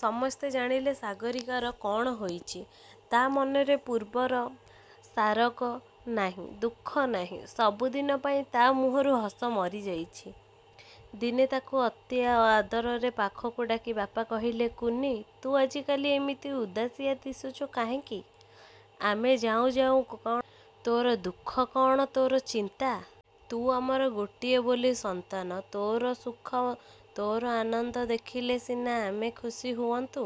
ସମସ୍ତେ ଜାଣିଲେ ସାଗରୀକାର କ'ଣ ହୋଇଛି। ତା' ମନରେ ପୂର୍ବର ସରାଗ ନାହିଁ–ସୁଖ ନାହିଁ। ସବୁଦିନ ପାଇଁ ତା' ମୁହଁରୁ ହସ ମରିଯାଇଛି। ଦିନେ ତାକୁ ଅତି ଆଦରରେ ପାଖକୁ ଡାକି ବାପା କହିଲେ–''କୁନି–ତୁ ଆଜିକାଲି ଏମିତି ଉଦାସିଆ ଦିଶୁଛୁ କାହିଁକି? ଆମେ ଥାଉଁ ଥାଉଁ କ'ଣ ତୋର ଦୁଃଖ କ'ଣ ତୋର ଚିନ୍ତା। ତୁ ଆମର ଗୋଟିଏ ବୋଲି ସନ୍ତାନ। ତୋର ସୁଖ; ତୋର ଆନନ୍ଦ ଦେଖିଲେ ସିନା ଆମେ ଖୁସି ହୁଅନ୍ତୁ।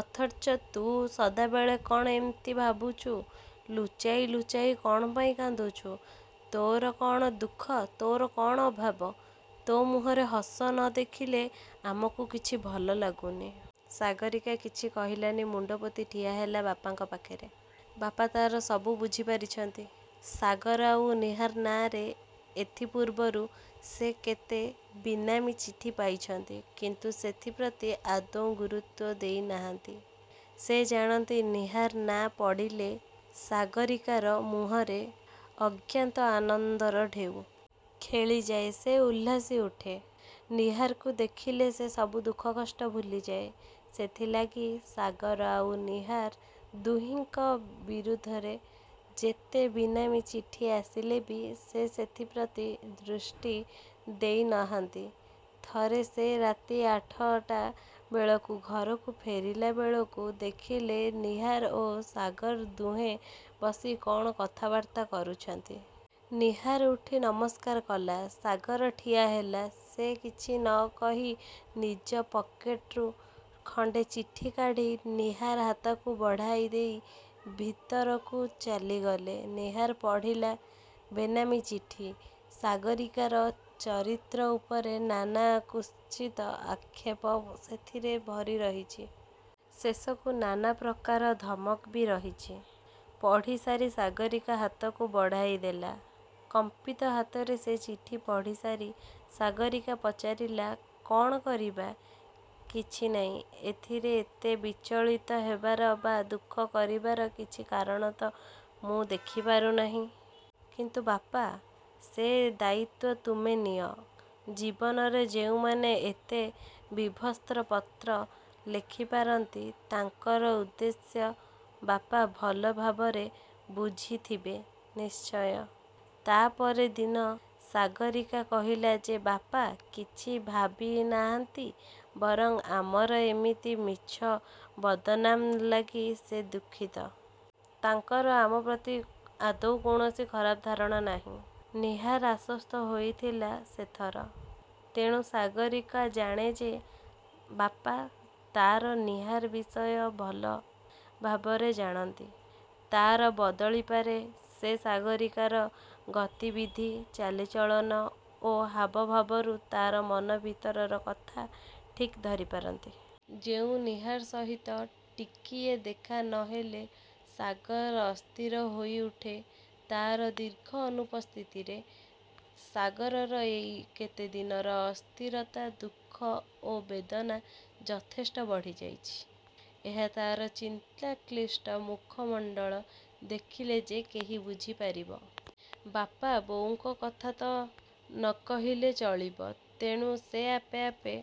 ଅଥଚ ତୁ ସଦାବେଳେ କ'ଣ ଏମିତି ଭାବୁଛୁ–ଲୁଚାଇ ଲୁଚାଇ କ'ଣ ପାଇଁ କାନ୍ଦୁଛୁ। ତୋର କ'ଣ ଦୁଃଖ, ତୋର କ'ଣ ଅଭାବ। ତୋ ମୁହଁରେ ହସ ନ ଦେଥିଲେ; ଆମକୁ କିଛି ଭଲ ଲାଗୁନାହିଁ। '' ସାଗରୀକା କିଛି କହିଲାନି। ମୁଣ୍ତ ପୋତି ଠିଆହେଲା ବାପାଙ୍କ ପାଖରେ। ବାପା ତା'ର ସବୁ ବୁଝିପାରିଛନ୍ତି, ସାଗର ଆଉ ନୀହାର ନାଁରେ ଏଥିପୂର୍ବରୁ ସେ କେତେ ବେନାମୀ ଚିଠି ପାଇଛନ୍ତି। କିନ୍ତୁ ସେଥିପ୍ରତି ଆଦୌ ଗୁରୁତ୍ୱ ଦେଇ ନାହାନ୍ତି। ସେ ଜାଣନ୍ତି ନୀହାର ନାଁ ପଡ଼ିଲେ; ସାଗରୀକାର ମୁହଁରେ ଅଜ୍ଞାତ ଆନନ୍ଦର ଢେଉ। ଖେଳିଯାଏ–ସେ ଉଲ୍ଲସି ଉଠେ। ନୀହାରକୁ ଦେଖିଲେ ସେ ସବୁ ଦୁଃଖ କଷ୍ଟ ଭୁଲିଯାଏ। ସେଇଥି ଲାଗି ସାଗର ଆଉ ନୀହାର ଦୁହିଁଙ୍କ ବିରୁଦ୍ଧରେ ଯେତେ ବେନାମୀ ଚିଠି ଆସିଲେ ବି ସେ ସେଥିପ୍ରତି ଦୃଷ୍ଟି ଦେଇ ନାହାନ୍ତି। ଥରେ ସେ ରାତି ଆଠଟା ବେଳକୁ ଘରକୁ ଫେରିଲା ବେଳକୁ ଦେଖିଲେ ନୀହାର ଓ ସାଗର ଦୁହେଁ ବସି କ'ଣ କଥାବାର୍ତ୍ତା କରୁଛନ୍ତି। ନୀହାର ଉଠି ନମସ୍କାର କଲା। ସାଗର ଠିଆ ହେଲା। ସେ କିଛି ନ କହି ନିଜ ପକେଟ୍ରୁ ଖଣ୍ତେ ଚିଠି କାଢ଼ି ନୀହାର ହାତକୁ ବଢ଼ାଇ ଦେଇ ଭିତରକୁ ଚାଲିଗଲେ। ନୀହାର ପଢ଼ିଲା। ବେନାମୀ ଚିଠି। ସାଗରୀକାର ଚରିତ୍ର ଉପରେ ନାନା କୁତ୍ସିତ ଆକ୍ଷେପ ସେଥିରେ ଭରି ରହିଛି। ଶେଷକୁ ନାନା ପ୍ରକାର ଧମକ ବି ରହିଛି। ପଢ଼ିସାରି ସାଗରୀକା ହାତକୁ ବଢ଼ାଇ ଦେଲା। କମ୍ପିତ ହାତରେ ସେ ଚିଠି ପଢ଼ିସାରି ସାଗରୀକା ପଚାରିଲା–''କ'ଣ କରିବା। '' କିଛି ନାହିଁ–ଏଥିରେ ଏତେ ବିଚଳିତ ହେବାର ବା ଦୁଃଖ କରିବାର କିଛି କାରଣ ତ ମୁଁ ଦେଖିପାରୁ ନାହିଁ। କିନ୍ତୁ ବାପା...। ସେ ଦାୟିତ୍ୱ ତୁମେ ନିଅ। ଜୀବନରେ ଯେଉଁମାନେ ଏତେ ବୀଭତ୍ସ ପତ୍ର ଲେଖି ପାରନ୍ତି, ତାଙ୍କର ଉଦ୍ଦେଶ୍ୟ ବାପା ଭଲ ଭାବରେ ବୁଝିଥିବେ ନିଶ୍ଚୟ। ତା'ପରେ ଦିନ ସାଗରୀକା କହିଲା ଯେ–''ବାପା କିଛି ଭାବି ନାହାନ୍ତି। ବରଂ ଆମର ଏମିତି ମିଛ ବଦନାମ ଲାଗି ସେ ଦୁଃଖିତ। ତାଙ୍କର ଆମ ପ୍ରତି ଆଦୌ କୌଣସି ଖରାପ ଧାରଣା ନାହିଁ। '' ନୀହାର ଆଶ୍ୱସ୍ତ ହୋଇଥିଲା ସେ ଥର। ତେଣୁ ସାଗରୀକା ଜାଣେ ଯେ; ବାପା ତା'ର ନୀହାର ବିଷୟ ଭଲ ଭାବରେ ଜାଣନ୍ତି। ତା'ର ବଦଳି ପରେ ସେ ସାଗରୀକାର ଗତିବିଧି, ଚାଲିଚଳନ ଓ ହାବଭାବରୁ ତା'ର ମନ ଭିତରର କଥା ଠିକ୍ ଧରିପାରିଛନ୍ତି। ଯେଉଁ ନୀହାର ସହିତ ଟିକିଏ ଦେଖା ନ ହେଲେ ସାଗର ଅସ୍ଥିର ହୋଇ ଉଠେ; ତା'ର ଦୀର୍ଘ ଅନୁପସ୍ଥିତିରେ ସାଗରର ଏଇ କେତେ ଦିନର ଅସ୍ଥିରତା, ଦୁଃଖ ଓ ବେଦନା ଯଥେଷ୍ଟ ବଢ଼ି ଯାଇଛି। ଏହା ତା'ର ଚିନ୍ତାକ୍ଳିଷ୍ଟ ମୁଖମଣ୍ତଳ ଦେଖିଲେ ଯେ କେହି ବୁଝିପାରିବ। ବାପା ବୋଉଙ୍କ କଥା ତ ନ କହିଲେ ଚଳିବ। ତେଣୁ ସେ ଆପେ ଆପେ